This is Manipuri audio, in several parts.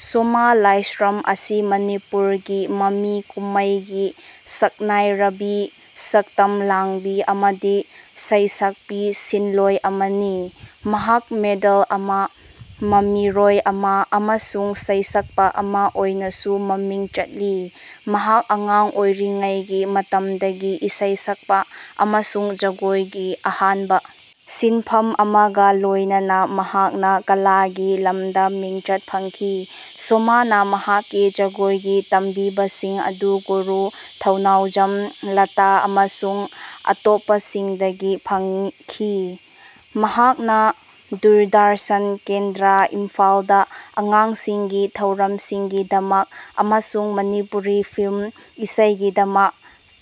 ꯁꯣꯃꯥ ꯂꯥꯢꯁ꯭ꯔꯝ ꯑꯁꯤ ꯃꯅꯤꯄꯨꯔꯒꯤ ꯃꯃꯤ ꯀꯨꯝꯃꯩꯒꯤ ꯁꯛꯅꯥꯢꯔꯕꯤ ꯁꯛꯇꯝ ꯂꯥꯡꯕꯤ ꯑꯃꯗꯤ ꯁꯩꯁꯛꯄꯤ ꯁꯤꯟꯂꯣꯢ ꯑꯃꯅꯤ꯫ ꯃꯍꯥꯛ ꯃꯣꯗꯦꯜ ꯑꯃ, ꯃꯃꯤꯔꯣꯏ ꯑꯃ ꯑꯃꯁꯨꯡ ꯁꯩꯁꯛꯄ ꯑꯃ ꯑꯣꯏꯅꯁꯨ ꯃꯃꯤꯡ ꯆꯠꯂꯤ꯫ ꯃꯍꯥꯛ ꯑꯉꯥꯡ ꯑꯣꯏꯔꯤꯉꯩꯒꯤ ꯃꯇꯝꯗꯒꯤ ꯏꯁꯩ ꯁꯛꯄ ꯑꯃꯁꯨꯡ ꯖꯒꯣꯏꯒꯤ ꯑꯍꯥꯟꯕ ꯁꯤꯟꯐꯝ ꯑꯃꯒ ꯂꯣꯏꯅꯅ ꯃꯍꯥꯛꯅ ꯀꯂꯥꯒꯤ ꯂꯝꯗ ꯃꯤꯡꯆꯠ ꯐꯪꯈꯤ꯫ ꯁꯣꯃꯥꯅ ꯃꯍꯥꯛꯀꯤ ꯖꯒꯣꯏꯒꯤ ꯇꯝꯕꯤꯕꯁꯤꯡ ꯑꯗꯨ ꯒꯨꯔꯨ ꯊꯧꯅꯥꯎꯖꯝ ꯂꯇꯥ ꯑꯃꯁꯨꯡ ꯑꯇꯣꯞꯄꯁꯤꯡꯗꯒꯤ ꯐꯪꯈꯤ꯫ ꯃꯍꯥꯛꯅ ꯗꯨꯔꯗꯔꯁꯟ ꯀꯦꯟꯗ꯭ꯔꯥ ꯏꯝꯐꯥꯜꯗ ꯑꯉꯥꯡꯁꯤꯡꯒꯤ ꯊꯧꯔꯝꯁꯤꯡꯒꯤꯗꯃꯛ ꯑꯃꯁꯨꯡ ꯃꯅꯤꯄꯨꯔꯤ ꯐꯤꯜꯝ ꯏꯁꯩꯒꯤꯗꯃꯛ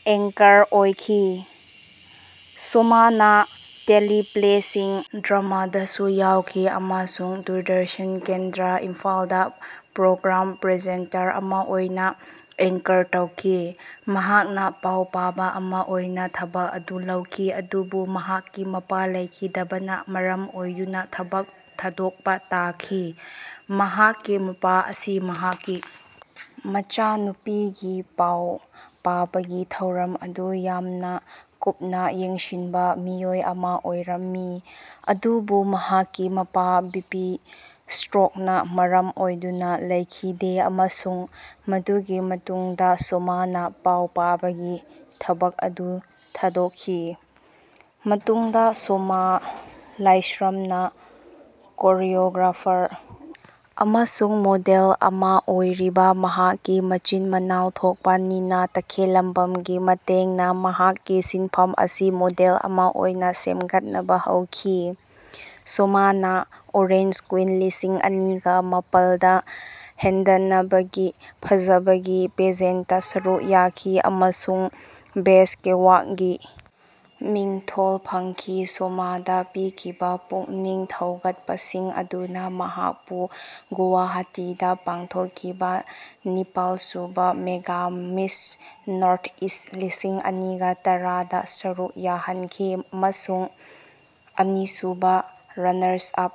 ꯑꯦꯡꯀꯔ ꯑꯣꯏꯈꯤ꯫ ꯁꯣꯃꯥꯅ ꯇꯦꯂꯤꯄ꯭ꯂꯦꯁꯤꯡ, ꯗ꯭ꯔꯃꯥꯗꯁꯨ ꯌꯥꯎꯈꯤ ꯑꯃꯁꯨꯡ ꯗꯨꯔꯗꯔꯁꯟ ꯀꯦꯟꯗ꯭ꯔꯥ ꯏꯝꯐꯥꯜꯗ ꯄ꯭ꯔꯣꯒ꯭ꯔꯥꯝ ꯄ꯭ꯔꯖꯦꯟꯇꯔ ꯑꯃ ꯑꯣꯏꯅ ꯑꯦꯡꯀꯔ ꯇꯧꯈꯤ꯫ ꯃꯍꯥꯛꯅ ꯄꯥꯎ ꯄꯥꯕ ꯑꯃ ꯑꯣꯏꯅ ꯊꯕꯛ ꯑꯗꯨ ꯂꯧꯈꯤ ꯑꯗꯨꯕꯨ ꯃꯍꯥꯛꯀꯤ ꯃꯄꯥ ꯂꯩꯈꯤꯗꯕꯅ ꯃꯔꯝ ꯑꯣꯏꯗꯨꯅ ꯊꯕꯛ ꯊꯥꯗꯣꯛꯄ ꯇꯥꯈꯤ꯫ ꯃꯍꯥꯛꯀꯤ ꯃꯄꯥ ꯑꯁꯤ ꯃꯍꯥꯛꯀꯤ ꯃꯆꯥꯅꯨꯄꯤꯒꯤ ꯄꯥꯎ ꯄꯥꯕꯒꯤ ꯊꯧꯔꯝ ꯑꯗꯨ ꯌꯥꯝꯅ ꯀꯨꯞꯅ ꯌꯦꯡꯁꯤꯟꯕ ꯃꯤꯑꯣꯏ ꯑꯃ ꯑꯣꯏꯔꯝꯃꯤ꯫ ꯑꯗꯨꯕꯨ ꯃꯍꯥꯛꯀꯤ ꯃꯄꯥ ꯕꯤ ꯄꯤ ꯁ꯭ꯇ꯭ꯔꯣꯛꯅ ꯃꯔꯝ ꯑꯣꯏꯗꯨꯅ ꯂꯩꯈꯤꯗꯦ ꯑꯃꯁꯨꯡ ꯃꯗꯨꯒꯤ ꯃꯇꯨꯡꯗ ꯁꯣꯃꯥꯅ ꯄꯥꯎ ꯄꯥꯕꯒꯤ ꯊꯕꯛ ꯑꯗꯨ ꯊꯥꯗꯣꯛꯈꯤ꯫ ꯃꯇꯨꯡꯗ ꯁꯣꯃꯥ ꯂꯥꯏꯁ꯭ꯔꯝꯅ ꯀꯣꯔꯤꯑꯣꯒ꯭ꯔꯥꯐꯔ ꯑꯃꯁꯨꯡ ꯃꯣꯗꯦꯜ ꯑꯃ ꯑꯣꯏꯔꯤꯕ ꯃꯍꯥꯛꯀꯤ ꯃꯆꯤꯟ ꯃꯅꯥꯎ ꯊꯣꯛꯄ ꯅꯤꯅ ꯇꯈꯦꯜꯂꯝꯕꯝꯒꯤ ꯃꯇꯦꯡꯅ ꯃꯍꯥꯛꯀꯤ ꯁꯤꯟꯐꯝ ꯑꯁꯤ ꯃꯣꯗꯦꯜ ꯑꯃ ꯑꯣꯏꯅ ꯁꯦꯝꯒꯠꯅꯕ ꯍꯧꯈꯤ꯫ ꯁꯣꯃꯥꯅ ꯑꯣꯔꯦꯟꯖ ꯀ꯭ꯋꯤꯟ ꯂꯤꯁꯤꯡ ꯑꯅꯤꯒ ꯃꯥꯄꯜꯗ ꯍꯦꯟꯗꯥꯟꯅꯕꯒꯤ ꯐꯖꯕꯒꯤ ꯄꯦꯖꯦꯟ꯭ꯇꯇ ꯁꯔꯨꯛ ꯌꯥꯈꯤ ꯑꯃꯁꯨꯡ 'ꯕꯦꯁ꯭ꯠ ꯀꯦꯠꯋꯥꯛ'ꯒꯤ ꯃꯤꯡꯊꯣꯜ ꯐꯪꯈꯤ꯫ ꯁꯣꯃꯥꯗ ꯄꯤꯈꯤꯕ ꯄꯨꯛꯅꯤꯡ ꯊꯧꯒꯠꯄꯁꯤꯡ ꯑꯗꯨꯅ ꯃꯍꯥꯛꯄꯨ ꯒꯨꯋꯥꯍꯥꯇꯤꯗ ꯄꯥꯡꯊꯣꯛꯈꯤꯕ ꯅꯤꯄꯥꯜ ꯁꯨꯕ ꯃꯦꯒꯥ ꯃꯤꯁ ꯅꯣꯔꯊ ꯏꯁ꯭ꯠ ꯂꯤꯁꯤꯡ ꯑꯅꯤꯒ ꯇꯔꯥꯗ ꯁꯔꯨꯛ ꯌꯥꯍꯟꯈꯤ ꯑꯃꯁꯨꯡ 'ꯑꯅꯤꯁꯨꯕ ꯔꯅꯔꯁ ꯑꯞ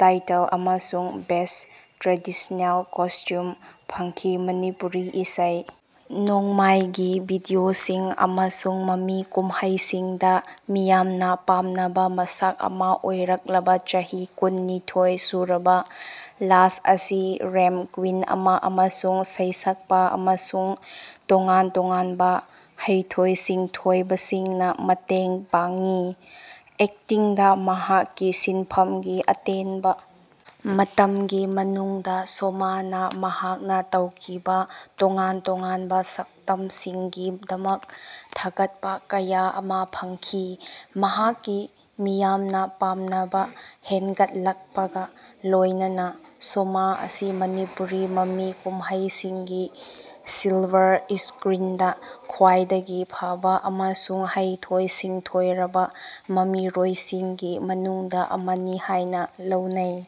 ꯇꯥꯏꯇꯜ' ꯑꯃꯁꯨꯡ 'ꯕꯦꯁ꯭ꯠ ꯇ꯭ꯔꯦꯗꯤꯁꯅꯦꯜ ꯀꯣꯁ꯭ꯇꯨꯝ' ꯐꯪꯈꯤ꯫ ꯃꯅꯤꯄꯨꯔꯤ ꯏꯁꯩ ꯅꯣꯡꯃꯥꯏꯒꯤ ꯚꯤꯗꯤꯑꯣꯁꯤꯡ ꯑꯃꯁꯨꯡ ꯃꯃꯤ ꯀꯨꯝꯍꯩꯁꯤꯡꯗ ꯃꯤꯌꯥꯝꯅ ꯄꯥꯝꯅꯕ ꯃꯁꯛ ꯑꯃ ꯑꯣꯏꯔꯛꯂꯕ ꯆꯍꯤ ꯀꯨꯟ - ꯅꯤꯊꯣꯏ ꯁꯨꯔꯕ ꯂꯥꯁ ꯑꯁꯤ, ꯔꯦꯝꯞ ꯀ꯭ꯋꯤꯟ ꯑꯃ ꯑꯃꯁꯨꯡ ꯁꯩꯁꯛꯄ ꯑꯃꯁꯨꯡ ꯇꯣꯉꯥꯟ ꯇꯣꯉꯥꯟꯕ ꯍꯩꯊꯣꯏ ꯁꯤꯡꯊꯣꯏꯕꯁꯤꯡꯅ ꯃꯇꯦꯡ ꯄꯥꯡꯉꯤ꯫ ꯑꯦꯛꯇꯤꯡꯗ ꯃꯍꯥꯛꯀꯤ ꯁꯤꯟꯐꯝꯒꯤ ꯑꯇꯦꯟꯕ ꯃꯇꯝꯒꯤ ꯃꯅꯨꯡꯗ ꯁꯣꯃꯥꯅ ꯃꯍꯥꯛꯅ ꯇꯧꯈꯤꯕ ꯇꯣꯉꯥꯟ ꯇꯣꯉꯥꯟꯕ ꯁꯛꯇꯝꯁꯤꯡꯒꯤꯗꯃꯛ ꯊꯥꯒꯠꯄ ꯀꯌꯥ ꯑꯃ ꯐꯪꯈꯤ꯫ ꯃꯍꯥꯛꯀꯤ ꯃꯤꯌꯥꯝꯅ ꯄꯥꯝꯅꯕ ꯍꯦꯟꯒꯠꯂꯛꯄꯒ ꯂꯣꯏꯅꯅ ꯁꯣꯃꯥ ꯑꯁꯤ ꯃꯅꯤꯄꯨꯔꯤ ꯃꯃꯤ ꯀꯨꯝꯍꯩꯁꯤꯡꯒꯤ ꯁꯤꯜꯚꯔ ꯏꯁꯀ꯭ꯔꯤꯟꯗ ꯈ꯭ꯋꯥꯏꯗꯒꯤ ꯐꯕ ꯑꯃꯁꯨꯡ ꯍꯩꯊꯣꯏ ꯁꯤꯡꯊꯣꯏꯔꯕ ꯃꯃꯤꯔꯣꯏꯁꯤꯡꯒꯤ ꯃꯅꯨꯡꯗ ꯑꯃꯅꯤ ꯍꯥꯏꯅ ꯂꯧꯅꯩ꯫